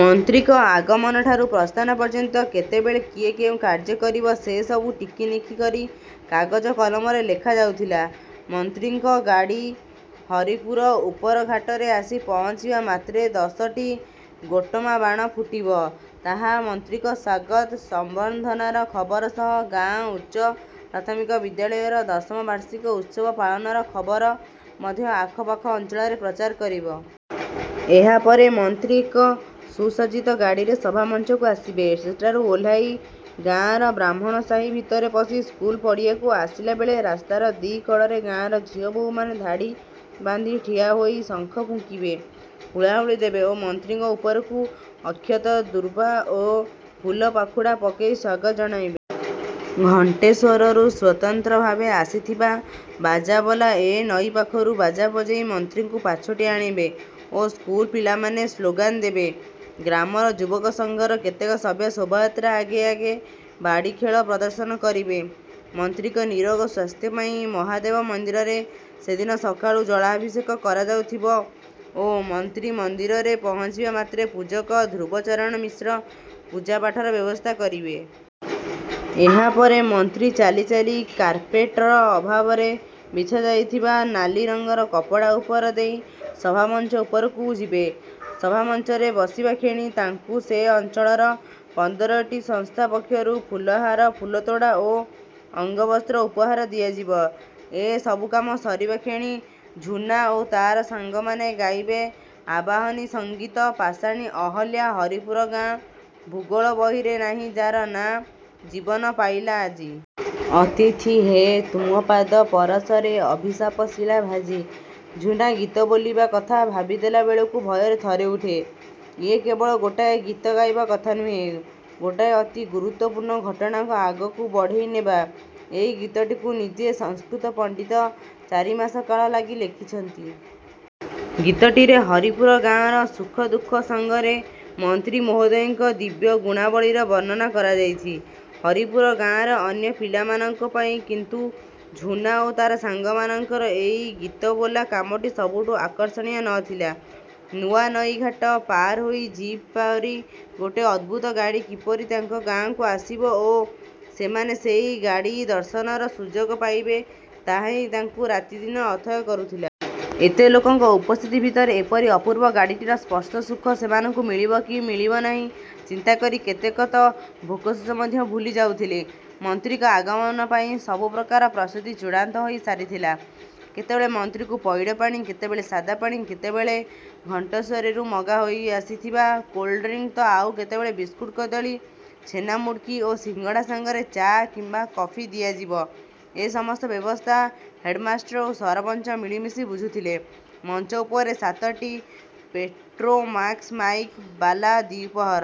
ମନ୍ତ୍ରୀଙ୍କ ଆଗମନଠାରୁ ପ୍ରସ୍ଥାନ ପର୍ଯ୍ୟନ୍ତ କେତେବେଳେ କିଏ କେଉଁ କାର୍ଯ୍ୟ କରିବ ସେ ସବୁ ଟିକିନିଖି କରି କାଗଜ କଲମରେ ଲେଖା ଯାଉଥିଲା। ମନ୍ତ୍ରୀଙ୍କ ଗାଡ଼ି ହରିପୁର ଉପରଘାଟରେ ଆସି ପହଞ୍ଚିବା ମାତ୍ରେ ଦଶଟି ଗୋଟମା ବାଣ ଫୁଟିବ। ତାହା ମନ୍ତ୍ରୀଙ୍କ ସ୍ୱାଗତ ସମ୍ବର୍ଦ୍ଧନାର ଖବର ସହ ଗାଁ ଉଚ୍ଚପ୍ରାଥମିକ ବିଦ୍ୟାଳୟର ଦଶମ ବାର୍ଷିକ ଉତ୍ସବ ପାଳନର ଖବର ମଧ୍ୟ ଆଖପାଖ ଅଞ୍ଚଳରେ ପ୍ରଚାର କରିବ। ଏହାପରେ ମନ୍ତ୍ରୀ ଏକ ସୁସଜ୍ଜିତ ଗାଡ଼ିରେ ସଭା ମଞ୍ଚକୁ ଆସିବେ। ସେଠାରୁ ଓହ୍ଲେଇ ଗାଁର ବ୍ରାହ୍ମଣ ସାହି ଭିତରେ ପଶି ସ୍କୁଲ ପଡ଼ିଆକୁ ଆସିଲାବେଳେ ରାସ୍ତାର ଦି କଡ଼ରେ ଗାଁର ଝିଅ ବୋହୂମାନେ ଧାଡ଼ି ବାନ୍ଧି ଠିଆହୋଇ ଶଙ୍ଖ ଫୁଙ୍କିବେ, ହୁଳହୁଳି ଦେବେ ଓ ମନ୍ତ୍ରୀଙ୍କ ଉପରକୁ ଅକ୍ଷତ, ଦୁର୍ବା ଓ ଫୁଲ ପାଖୁଡ଼ା ପକେଇ ସ୍ୱାଗତ ଜଣାଇବେ। ଘଣ୍ଟେଶ୍ୱରରୁ ସ୍ୱତନ୍ତ୍ର ଭାବେ ଆସିଥିବା ବାଜାବାଲାଏ ନଈ ପାଖରୁ ବାଜା ବଜେଇ ମନ୍ତ୍ରୀଙ୍କୁ ପାଛୋଟି ଆଣିବେ ଓ ସ୍କୁଲ ପିଲାମାନେ ସ୍ଲୋଗାନ ଦେବେ। ଗ୍ରାମର ଯୁବକସଂଘର କେତେକ ସଭ୍ୟ ଶୋଭାଯାତ୍ରା ଆଗେ ଆଗେ ବାଡ଼ି ଖେଳ ପ୍ରଦର୍ଶନ କରିବେ। ମନ୍ତ୍ରୀଙ୍କ ନିରୋଗ ସ୍ୱାସ୍ଥ୍ୟ ପାଇଁ ମହାଦେବ ମନ୍ଦିରରେ ସେଦିନ ସକାଳୁ ଜଳାଭିଷେକ କରାଯାଉଥିବ ଓ ମନ୍ତ୍ରୀ ମନ୍ଦିରରେ ପହଞ୍ଚିବା ମାତ୍ରେ ପୂଜକ ଧ୍ରୁବଚରଣ ମିଶ୍ର ପୂଜାପାଠର ବ୍ୟବସ୍ଥା କରିବେ। ଏହାପରେ ମନ୍ତ୍ରୀ ଚାଲି ଚାଲି କାର୍ପେଟର ଅଭାବରେ ବିଛା ଯାଇଥିବା ନାଲି ରଙ୍ଗର କପଡ଼ା ଉପର ଦେଇ ସଭାମଞ୍ଚ ଉପରକୁ ଯିବେ। ସଭା ମଞ୍ଚରେ ବସିବା କ୍ଷଣି ତାଙ୍କୁ ସେ ଅଞ୍ଚଳର ପନ୍ଦରଟି ସଂସ୍ଥା ପକ୍ଷରୁ ଫୁଲହାର, ଫୁଲତୋଡ଼ା ଓ ଅଙ୍ଗବସ୍ତ୍ର ଉପହାର ଦିଆଯିବ। ଏ ସବୁକାମ ସରିବା କ୍ଷଣି ଝୁନା ଓ ତାର ସାଙ୍ଗମାନେ ଗାଇବେ ଆବାହନୀ ସଂଗୀତ ପାଷାଣୀ ଅହଲ୍ୟା ହରିପୁର ଗାଁ, ଭୂଗୋଳ ବହିରେ ନାହିଁ ଯାର ନାଁ, ଜୀବନ ପାଇଲା ଆଜି। ଅତିଥି ହେ, ତୁମ ପାଦ ପରଶରେ ଅଭିଶାପ ଶିଳା ଭାଜି। ଝୁନା ଗୀତ ବୋଲିବା କଥା ଭାବିଦେଲା ବେଳକୁ ଭୟରେ ଥରି ଉଠେ। ଇଏ କେବଳ ଗୋଟାଏ ଗୀତ ଗାଇବା କଥା ନୁହେଁ, ଗୋଟାଏ ଅତି ଗୁରୁତ୍ୱପୂର୍ଣ୍ଣ ଘଟଣାକୁ ଆଗକୁ ବଢ଼େଇ ନେବା। ଏଇ ଗୀତଟିକୁ ନିଜେ ସଂସ୍କୃତ ପଣ୍ଡିତ ଚାରିମାସ କାଳ ଲାଗି ଲେଖିଛନ୍ତି। ଗୀତଟିରେ ହରିପୁର ଗାଁର ସୁଖ ଦୁଃଖ ସାଙ୍ଗରେ ମନ୍ତ୍ରୀ ମହୋଦୟଙ୍କର ଦିବ୍ୟ ଗୁଣାବଳୀର ବର୍ଣ୍ଣନା କରାଯାଇଛି। ହରିପୁର ଗାଁର ଅନ୍ୟ ପିଲାମାନଙ୍କ ପାଇଁ କିନ୍ତୁ ଝୁନା ଓ ତାର ସାଙ୍ଗମାନଙ୍କର ଏଇ ଗୀତବୋଲା କାମଟି ସବୁଠୁ ଆକର୍ଷଣୀୟ ନ ଥିଲା। ନୂଆନଈ ଘାଟ ପାର ହୋଇ ଜିପ୍ ପରି ଗୋଟେ ଅଦ୍ଭୁତ ଗାଡ଼ି କିପରି ତାଙ୍କ ଗାଁକୁ ଆସିବ ଓ ସେମାନେ ସେଇ ଗାଡ଼ି ଦର୍ଶନର ସୁଯୋଗ ପାଇବେ ତାହା ହିଁ ତାଙ୍କୁ ରାତିଦିନ ଅଥୟ କରୁଥିଲା। ଏତେ ଲୋକଙ୍କ ଉପସ୍ଥିତି ଭିତରେ ଏପରି ଅପୂର୍ବ ଗାଡ଼ିଟିର ସ୍ପର୍ଶ ସୁଖ ସେମାନଙ୍କୁ ମିଳିବ କି ମିଳିବ ନାହିଁ ଚିନ୍ତା କରି କେତେକ ତ ଭୋକଶୋଷ ମଧ୍ୟ ଭୁଲି ଯାଉଥିଲେ। ମନ୍ତ୍ରୀଙ୍କ ଆଗମନ ପାଇଁ ସବୁ ପ୍ରକାର ପ୍ରସ୍ତୁତି ଚୂଡ଼ାନ୍ତ ହୋଇ ସାରିଥିଲା। କେତେବେଳେ ମନ୍ତ୍ରୀଙ୍କୁ ପଇଡ଼ ପାଣି, କେତେବେଳେ ସାଦା ପାଣି, କେତେବେଳେ ଘଣ୍ଟେଶ୍ୱରରୁ ମଗା ହୋଇ ଆସିଥିବା କୋଲ୍ଡ ଡ୍ରିଙ୍କ ତ ଆଉ କେତେବେଳେ ବିସ୍କୁଟ କଦଳୀ, ଛେନା-ମୁଡ୍କି ଓ ସିଙ୍ଗଡ଼ା ସାଙ୍ଗରେ ଚା କିମ୍ବା କଫି ଦିଆଯିବ, ଏ ସମସ୍ତ ବ୍ୟବସ୍ଥା ହେଡ୍‌ମାଷ୍ଟ୍ରେ ଓ ସରପଞ୍ଚ ମିଳିମିଶି ବୁଝୁଥିଲେ। ମଞ୍ଚ ଉପରେ ସାତଟି ପେଟ୍ରୋମାକ୍ସମାଇକ୍ ବାଲା ଦ୍ୱିପ୍ରହର।